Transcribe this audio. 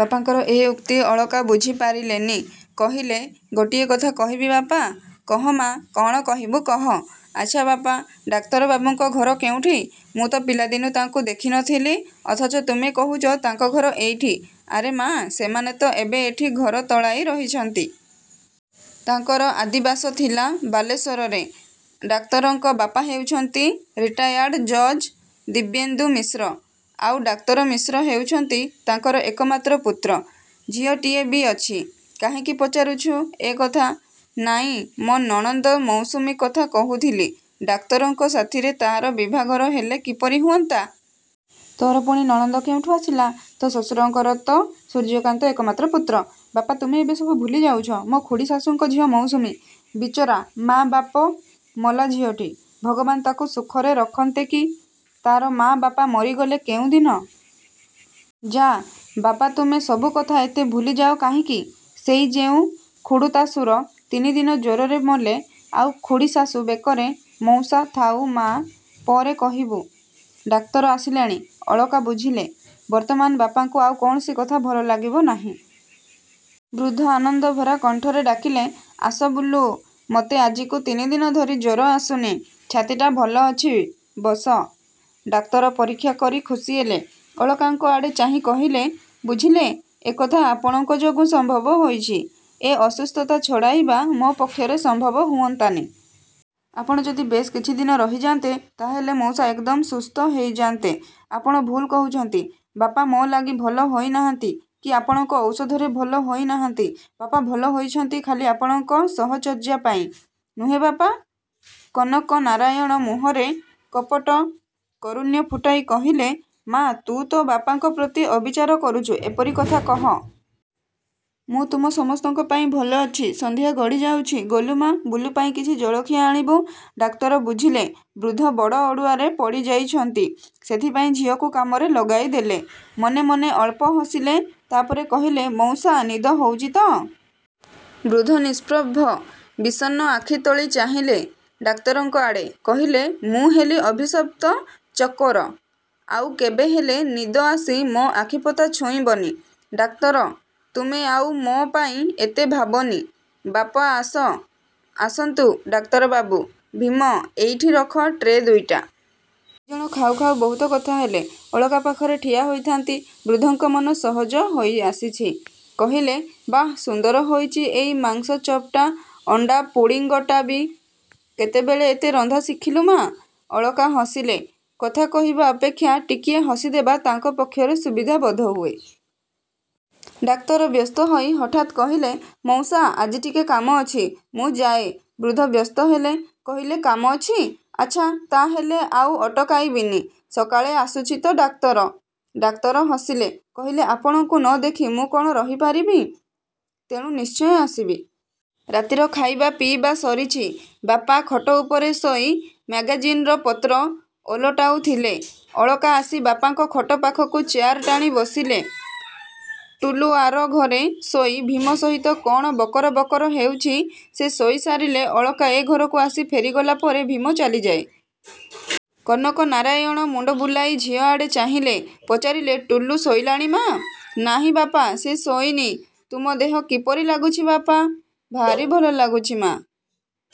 ବାପାଙ୍କର ଏ ଉକ୍ତି ଅଳକା ବୁଝିପାରିଲେନି। କହିଲେ ଗୋଟିଏ କଥା କହିବି ବାପା? -କହ ମା', କ'ଣ କହିବୁ କହ। -ଆଚ୍ଛା ବାପା, ଡାକ୍ତର ବାବୁଙ୍କ ଘର କେଉଁଠି? ମୁଁ ତ ପିଲାଦିନୁ ତାଙ୍କୁ ଦେଖିନଥିଲି, ଅଥଚ ତୁମେ କହୁଛ ତାଙ୍କ ଘର ଏଇଠି। ଆରେ ମା', ସେମାନେ ତ ଏବେ ଏଠି ଘର ତୋଳାଇ ରହିଛନ୍ତି। ତାଙ୍କର ଆଦିବାସ ଥିଲା ବାଲେଶ୍ୱରରେ। ଡାକ୍ତରଙ୍କ ବାପା ହେଉଛନ୍ତି ରିଟାୟାଡ଼୍ ଜଜ୍ ଦିବ୍ୟେନ୍ଦୁ ମିଶ୍ର, ଆଉ ଡାକ୍ତର ମିଶ୍ର ହେଉଛନ୍ତି ତାଙ୍କର ଏକମାତ୍ର ପୁତ୍ର। ଝିଅଟିଏ ବି ଅଛି। କାହିଁକି ପଚାରୁଛୁ ଏ କଥା। ନାଇଁ, ମୋ ନଣନ୍ଦ ମୌସୁମୀ କଥା କହୁଥିଲି। ଡାକ୍ତରଙ୍କ ସାଥିରେ ତାହାର ବିଭାଘର ହେଲେ କିପରି ହୁଅନ୍ତା? ତୋର ପୁଣି ନଣନ୍ଦ କେଉଁଠୁ ଆସିଲା? ତୋ ଶ୍ୱଶୁରଙ୍କର ତ ସୂର୍ଯ୍ୟକାନ୍ତ ଏକମାତ୍ର ପୁତ୍ର-। ବାପା, ତୁମେ ଏବେ ସବୁ ଭୁଲିଯାଉଛ! ମୋ ଖୁଡ଼ୀ ଶାଶୂଙ୍କ ଝିଅ ମୌସୁମୀ। ବିଚରା ମା' ବାପ ମଲା ଝିଅଟି, ଭଗବାନ ତାକୁ ସୁଖରେ ରଖନ୍ତେକି! ତା'ର ମା' ବାପ ମରିଗଲେ କେଉଁଦିନ? -ଯା, ବାପା ତୁମେ ସବୁକଥା ଏତେ ଭୁଲିଯାଅ କାହିଁକି? ସେଇ ଯେଉଁ ଖୁଡ଼ୁତାଶୁର ତିନିଦିନ ଜ୍ୱରରେ ମଲେ, ଆଉ ଖୁଡ଼ୀ ଶାଶୂ ବେକରେ -ମଉସା -ଥାଉ ମା', ପରେ କହିବୁ। ଡାକ୍ତର ଆସିଲେଣି। ଅଳକା ବୁଝିଲେ, ବର୍ତ୍ତମାନ ବାପାଙ୍କୁ ଆଉ କୌଣସି କଥା ଭଲଲାଗିବ ନାହିଁ। ବୃଦ୍ଧ ଆନନ୍ଦ ଭରା କଣ୍ଠରେ ଡାକିଲେ-ଆସ ବୁଲୁ, ମୋତେ ଆଜିକୁ ତିନିଦିନ ଧରି ଜ୍ୱର ଆସୁନି। ଛାତିଟା ଭଲ ଅଛି, ବସ। ଡାକ୍ତର ପରୀକ୍ଷା କରି ଖୁସିହେଲେ। ଅଳକାଙ୍କ ଆଡ଼େ ଚାହିଁ କହିଲେ-ବୁଝିଲେ, ଏକଥା ଆପଣଙ୍କ ଯୋଗୁ ସମ୍ଭବ ହୋଇଛି। ଏ ଅସୁସ୍ଥତା ଛଡ଼ାଇବା ମୋ ପକ୍ଷରେ ସମ୍ଭବ ହୁଅନ୍ତାନି। ଆପଣ ଯଦି ବେଶ୍ କିଛିଦିନ ରହିଯାଆନ୍ତେ, ତାହେଲେ ମଉସା ଏକଦମ୍ ସୁସ୍ଥ ହେଇଯା'ନ୍ତେ। ଆପଣ ଭୁଲ୍ କହୁଛନ୍ତି। ବାପା ମୋ ଲାଗି ଭଲ ହୋଇନାହାନ୍ତି, କି ଆପଣଙ୍କ ଔଷଧରେ ମଧ୍ୟ ଭଲ ହୋଇନାହାନ୍ତି, ବାପା ଭଲ ହୋଇଛନ୍ତି-ଖାଲି ଆପଣଙ୍କ ସହଚର୍ଯ୍ୟା ପାଇଁ। ନୁହେଁ ବାପା? କନକନାରାୟଣ ମୁହଁରେ କପଟ କାରୁଣ୍ୟ ଫୁଟାଇ କହିଲେ ମା' ତୁ ତୋ ବାପାଙ୍କ ପ୍ରତି ଅବିଚାର କରୁଛୁ ଏପରି କଥା କହ। ମୁଁ ତୁମ ସମସ୍ତଙ୍କ ପାଇଁ ଭଲ ଅଛି। ସନ୍ଧ୍ୟା ଗଡ଼ିଯାଉଛି, ଗଲୁ ମା' ବୁଲୁ ପାଇଁ କିଛି ଜଳଖିଆ ଆଣିବୁ। ଡାକ୍ତର ବୁଝିଲେ ବୃଦ୍ଧ ବଡ଼ ଅଡ଼ୁଆରେ ପଡ଼ିଯାଇଛନ୍ତି। ସେଥିପାଇଁ ଝିଅକୁ କାମରେ ଲଗାଇଦେଲେ। ମନେ ମନେ ଅଳ୍ପ ହସିଲେ, ତାପରେ କହିଲେ-ମଉସା, ନିଦ ହେଉଛି ତ? ବୃଦ୍ଧ ନିଷ୍ପ୍ରଭ ବିଷନ୍ନ ଆଖି ତୋଳି ଚାହିଁଲେ ଡାକ୍ତରଙ୍କ ଆଡ଼େ। କହିଲେ,-ମୁଁ ହେଲି ଅଭିଶପ୍ତ ଚକୋର। ଆଉ କେବେହେଲେ ନିଦ ଆସି ମୋ ଆଖିପତା ଛୁଇଁବନି। ଡାକ୍ତର, ତୁମେ ଆଉ ମୋ ପାଇଁ ଏତେ ଭାବନି। -ବାପା ଆସ। ଆସନ୍ତୁ ଡାକ୍ତର ବାବୁ। ଭୀମ, ଏଇଠି ରଖ ଟ୍ରେ ଦୁଇଟା। ଦୁଇଜଣ ଖାଉ ଖାଉ ବହୁତ କଥା ହେଲେ। ଅଳକା ପାଖରେ ଠିଆ ହୋଇଥାନ୍ତି। ବୃଦ୍ଧଙ୍କ ମନ ସହଜ ହୋଇଆସିଛି। କହିଲେ-ବାଃ, ସୁନ୍ଦର ହୋଇଛି ଏଇ ମାଂସ ଚପ୍ଟା ଅଣ୍ଡା ପୁଡ଼ିଙ୍ଗଟା ବି। କେତେବେଳେ ଏତେ ରନ୍ଧା ଶିଖିଲୁ ମା'? ଅଳକା ହସିଲେ। କଥା କହିବା ଅପେକ୍ଷା ଟିକିଏ ହସିଦେବା ତାଙ୍କ ପକ୍ଷରେ ସୁବିଧା ବୋଧହୁଏ। ଡାକ୍ତର ବ୍ୟସ୍ତହୋଇ ହଠାତ୍ କହିଲେ-ମଉସା, ଆଜି ଟିକେ କାମ ଅଛି, ମୁଁ ଯାଏ। ବୃଦ୍ଧ ବ୍ୟସ୍ତ ହେଲେ। କହିଲେ-କାମ ଅଛି? ଆଚ୍ଛା, ତା'ହେଲେ ଆଉ ଅଟକାଇବିନି। ସକାଳେ ଆସୁଛି ତ ଡାକ୍ତର? ଡାକ୍ତର ହସିଲେ।। କହିଲେ-ଆପଣଙ୍କୁ ନ ଦେଖି ମୁଁ କ'ଣ ରହିପାରିବି? ତେଣୁ ନିଶ୍ଚୟ ଆସିବି। ରାତିର ଖାଇବା ପିଇବା ସରିଛି। ବାପା ଖଟଉପରେ ଶୋଇ ମ୍ୟାଗାଜିନର ପତ୍ର ଓଲଟାଉଥିଲେ। ଅଳକା ଆସି ବାପାଙ୍କ ଖଟ ପାଖକୁ ଚେୟାର ଟାଣି ବସିଲେ। ଟୁଲୁ ଆର ଘରେ ଶୋଇ ଭୀମ ସହିତ କ'ଣ ବକର ବକର ହେଉଛି। ସେ ଶୋଇ ସାରିଲେ ଅଳକା ଏ ଘରକୁ ଆସି ଫେରିଗଲା ପରେ ଭୀମ ଚାଲିଯାଏ। କନକ ନାରାୟଣ ମୁଣ୍ଡବୁଲାଇ ଝିଅଆଡ଼େ ଚାହିଁଲେ। ପଚାରିଲେ-ଟୁଲୁ ଶୋଇଲାଣି ମା'। ନାହିଁ ବାପା ସେ ଶୋଇନି। ତୁମ ଦେହ କିପରି ଲାଗୁଛି ବାପା? -ଭାରି ଭଲ ଲାଗୁଛି ମା'।